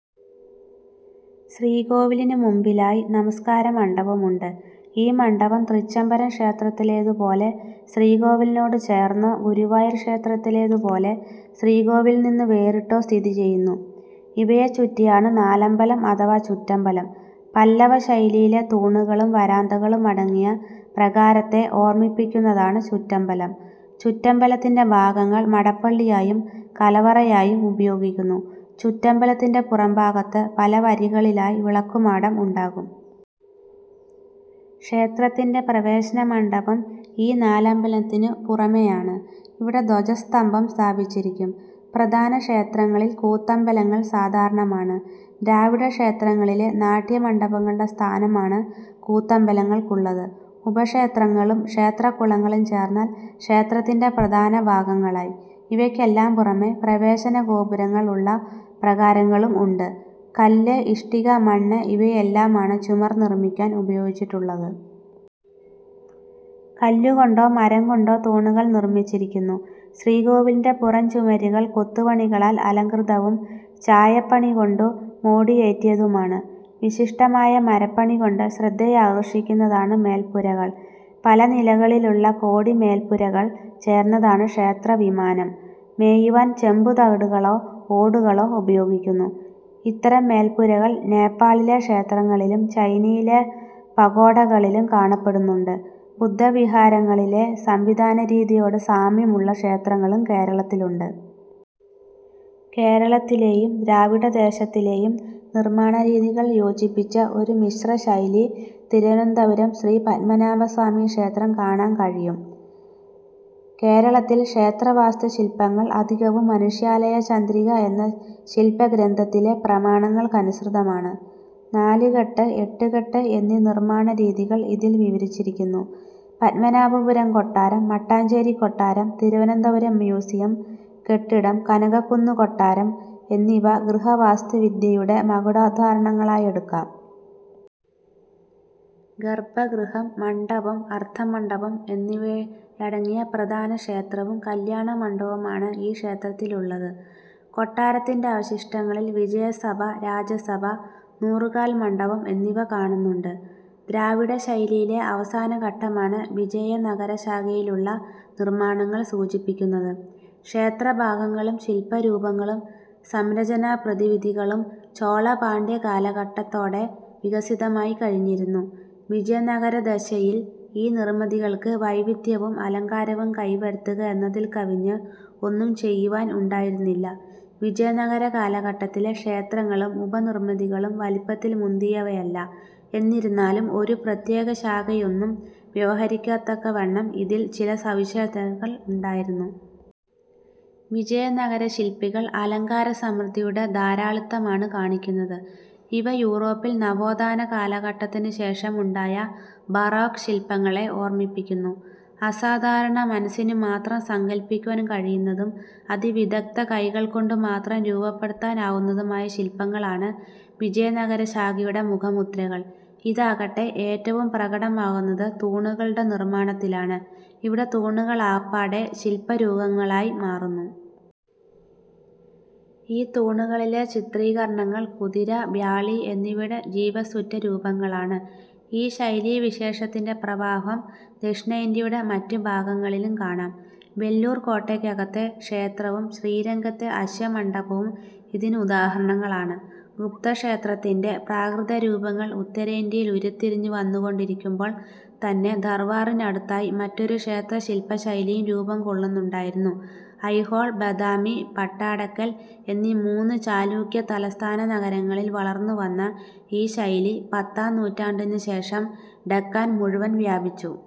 ശ്രീകോവിലിനു മുമ്പിലായി നമസ്കാരമണ്ഡപം ഉണ്ട്. ഈ മണ്ഡപം തൃച്ചംബരം ക്ഷേത്രത്തിലേതുപോലെ ശ്രീകോവിലിനോട്ചേർന്നോ, ഗുരുവായൂർ ക്ഷേത്രത്തിലേതുപോലെ ശ്രീകോവിലിൽനിന്ന് വേറിട്ടോ സ്ഥിതിചെയ്യുന്നു. ഇവയെ ചുറ്റിയാണ് നാലമ്പലം അഥവാ ചുറ്റമ്പലം. പല്ലവ ശൈലിയിലെ തൂണുകളും വരാന്തയും അടങ്ങിയ പ്രാകാരത്തെ ഓർമിപ്പിക്കുന്നതാണ് ചുറ്റമ്പലം. ചുറ്റംബലത്തിന്റെ ഭാഗങ്ങൾ മടപ്പള്ളിയായും കലവറയായും ഉപയോഗിക്കുന്നു ചുറ്റമ്പലത്തിന്റെ പുറംഭാഗത്ത് പലവരികളിലായി വിളക്കുമാടം ഉണ്ടാകും. ക്ഷേത്രത്തിന്റെ പ്രവേശനമണ്ഡപം ഈ നാലമ്പലത്തിനു പുറമേയാണ്. ഇവിടെ ദ്വജസ്തഭം സ്ഥാപിച്ചിരിക്കും. പ്രധാന ക്ഷേത്രങ്ങളിൽ കൂത്തമ്പലങ്ങൾ സാധാരണമാണ്. ദ്രാവിഡക്ഷേത്രങ്ങളിലെ നാട്യ മണ്ഡപങ്ങളുടെ സ്ഥാനമാണ് കൂത്തമ്പലങ്ങൾക്കുള്ളത്. ഉപക്ഷേത്രങ്ങളും ക്ഷേത്രകുളങ്ങളും ചേർന്നാൽ ക്ഷേത്രത്തിന്റെ പ്രധാന ഭാഗങ്ങളായി. ഇവയ്ക്കെല്ലാം പുറമെ പ്രവേശന ഗോപുരങ്ങൾ ഉള്ള പ്രാകാരങ്ങളും ഉണ്ട്. കല്ല്, ഇഷ്ടിക, മണ്ണ് ഇവയെല്ലാമാണ് ചുമർ നിർമ്മിക്കാൻ ഉപയോഗിച്ചിട്ടുള്ളത്. കല്ലുകൊണ്ടോ മരം കൊണ്ടോ തൂണുകൾ നിർമിച്ചിരിക്കുന്നു. ശ്രീകോവിലിന്റെ പുറംചുമരുകൾ കൊത്തുപണികളാൽ അലംകൃതവും ചായപ്പണികൊണ്ടു മോടിയേറ്റിയതുമാണ്. വിശിഷ്ടമായ മരപ്പണികൊണ്ട് ശ്രദ്ധയാകർഷിക്കുന്നതാണ് മേൽപ്പുരകൾ. പലനിലകളിലുള്ള കോടി-മേൽപ്പുരകൾ ചേർന്നതാണ് ക്ഷേത്രവിമാനം. മേയുവാൻ ചെമ്പുതകിടുകളോ ഓടുകളോ ഉപയോഗിക്കുന്നു. ഇത്തരം മേൽപ്പുരകൾ നേപാളിലെ ക്ഷേത്രങ്ങളിലും ചൈനയിലെ പഗോഡകളിലും കാണപ്പെടുന്നുണ്ട്. ബുദ്ധവിഹാരങ്ങളിലെ സംവിധാനരീതിയോട് സാമ്യമുള്ള ക്ഷേത്രങ്ങളും കേരളത്തിലുണ്ട്. കേരളത്തിലേയും ദ്രാവിഡദേശത്തിലെയും നിർമ്മാണരീതികൾ യോജിപ്പിച്ച ഒരു മിശ്രശൈലി തിരുവനന്തപുരം ശ്രീ പത്മനാഭസ്വാമി ക്ഷേത്രം കാണാൻ കഴിയും. കേരളത്തിൽ ക്ഷേത്രവാസ്തുശില്പങ്ങൾ അധികവും മനുഷ്യാലയചന്ദ്രിക എന്ന ശില്പഗ്രന്ഥത്തിലെ പ്രമാണങ്ങൾക്കനുസൃതമാണ്. നാലുകെട്ട്, എട്ടുകെട്ട് എന്നീ നിർമ്മാണരീതികൾ ഇതിൽ വിവരിച്ചിരിക്കുന്നു. പത്മനാഭപുരം കൊട്ടാരം, മട്ടാഞ്ചേരികൊട്ടാരം, തിരുവനന്തപുരം മ്യൂസിയം കെട്ടിടം, കനകക്കുന്നു കൊട്ടാരം എന്നിവ ഗൃഹവാസ്തുവിദ്യയുടെ മകുടോദാഹരണങ്ങളായെടുക്കാം. ഗർഭഗൃഹം, മണ്ഡപം, അർദ്ധമണ്ഡപം എന്നിവയടങ്ങിയ പ്രധാന ക്ഷേത്രവും കല്യാണമണ്ഡപവുമാണ് ഈ ക്ഷേത്രത്തിലുള്ളത്. കൊട്ടരത്തിന്റെ അവശിഷ്ടങ്ങളിൽ വിജയസഭ, രാജസഭ, നൂറുകാൽമണ്ഡപം എന്നിവ കാണുന്നുണ്ട്. ദ്രാവിഡശൈലിയിലെ അവസാനഘട്ടമാണ് വിജയനഗര ശാഖയിലുള്ള നിർമ്മാണങ്ങൾ സൂചിപ്പിക്കുന്നത്. ക്ഷേത്രഭാഗങ്ങളും ശില്പരൂപങ്ങളും സംരചനാപ്രവിധികളും ചോള-പാണ്ഡ്യ കാലഘട്ടത്തോടെ വികസിതമായി കഴിഞ്ഞിരുന്നു. വിജയനഗരദശയിൽ ഈ നിർമിതികൾക്ക് വൈവിധ്യവും അലങ്കാരവും കൈവരുത്തുക എന്നതിൽ കവിഞ്ഞ് ഒന്നും ചെയ്യുവാൻ ഉണ്ടായിരുന്നില്ല വിജയനഗര കാലഘട്ടത്തിലെ ക്ഷേത്രങ്ങളും ഉപനിർമിതികളും വലിപ്പത്തിൽ മുന്തിയവയല്ല; എന്നിരുന്നാലും, ഒരു പ്രത്യേകശാഖയെന്നു വ്യവഹരിക്കത്തക്കവണ്ണം ഇതിൽ ചില സവിശേഷതകൾ ഉണ്ടായിരുന്നു. വിജയനഗരശില്പങ്ങൾ അലങ്കാര സമൃദ്ധിയുടെ ധാരാളിത്തമാണ് കാണിക്കുന്നത്. ഇവ യൂറോപ്പിൽ നവോത്ഥാന കാലഘട്ടത്തിനു ശേഷം ഉണ്ടായ ബറോക്ക് ശില്പങ്ങളെ ഓർമിപ്പിക്കുന്നു. അസാധരണ മനസ്സിനുമാത്രം സങ്കല്പിക്കുവാൻ കഴിയുന്നതും അതിവിദഗ്ദ്ധ കൈകൾക്കുമാത്രം രൂപപ്പെടുത്താൻ ആവുന്നതുമായ ശില്പങ്ങളാണ് വിജ്യയനഗര ശാഖയുടെ മുഖമുദ്രകൾ. ഇതാകട്ടെ ഏറ്റവും പ്രകടമാകുന്നത് തൂണുകളുടെ നിർമ്മാണത്തിലാണ്. ഇവിടെ തൂണുകളപ്പാടെ ശില്പരൂപങ്ങളായി മാറുന്നു. ഈ തൂണുകളിലെ ചിത്രീകരണങ്ങൾ കുതിര, വ്യാളി എന്നിവയുടെ ജീവസ്സുറ്റ രൂപങ്ങളാണ്. ഈ ശൈലീവിശേഷത്തിന്റെ പ്രഭാവം ദക്ഷിണേന്ത്യയുടെ മറ്റുഭാഗങ്ങളിലും കാണാം. വെല്ലൂർ കോട്ടയ്ക്കകത്തെ ക്ഷേത്രവും ശ്രീരംഗത്തെ അശ്വമണ്ഡപവും ഇതിനുദാഹരണങ്ങളാണ്. ഗുപ്തക്ഷേത്രത്തിന്റെ പ്രാകൃതരൂപങ്ങൾ ഉത്തരേന്ത്യയിൽ ഉരുത്തിരിഞ്ഞു വന്നുകൊണ്ടിരിക്കുമ്പോൾ തന്നെ ധാർവാറിനടുത്തായി മറ്റൊരു ക്ഷേത്രശില്പശൈലിയും രൂപംകൊള്ളുന്നുണ്ടായിരുന്നു. അയ്ഹോൾ, ബദാമി, പട്ടാടക്കൽ എന്നീ മൂന്നു ചാലൂക്യ തലസ്ഥാന നഗരങ്ങളിൽ വളർന്നുവന്ന ഈ ശൈലി പത്താം നൂറ്റാണ്ടിനുശേഷം ഡക്കാൻ മുഴുവൻ വ്യാപിച്ചു.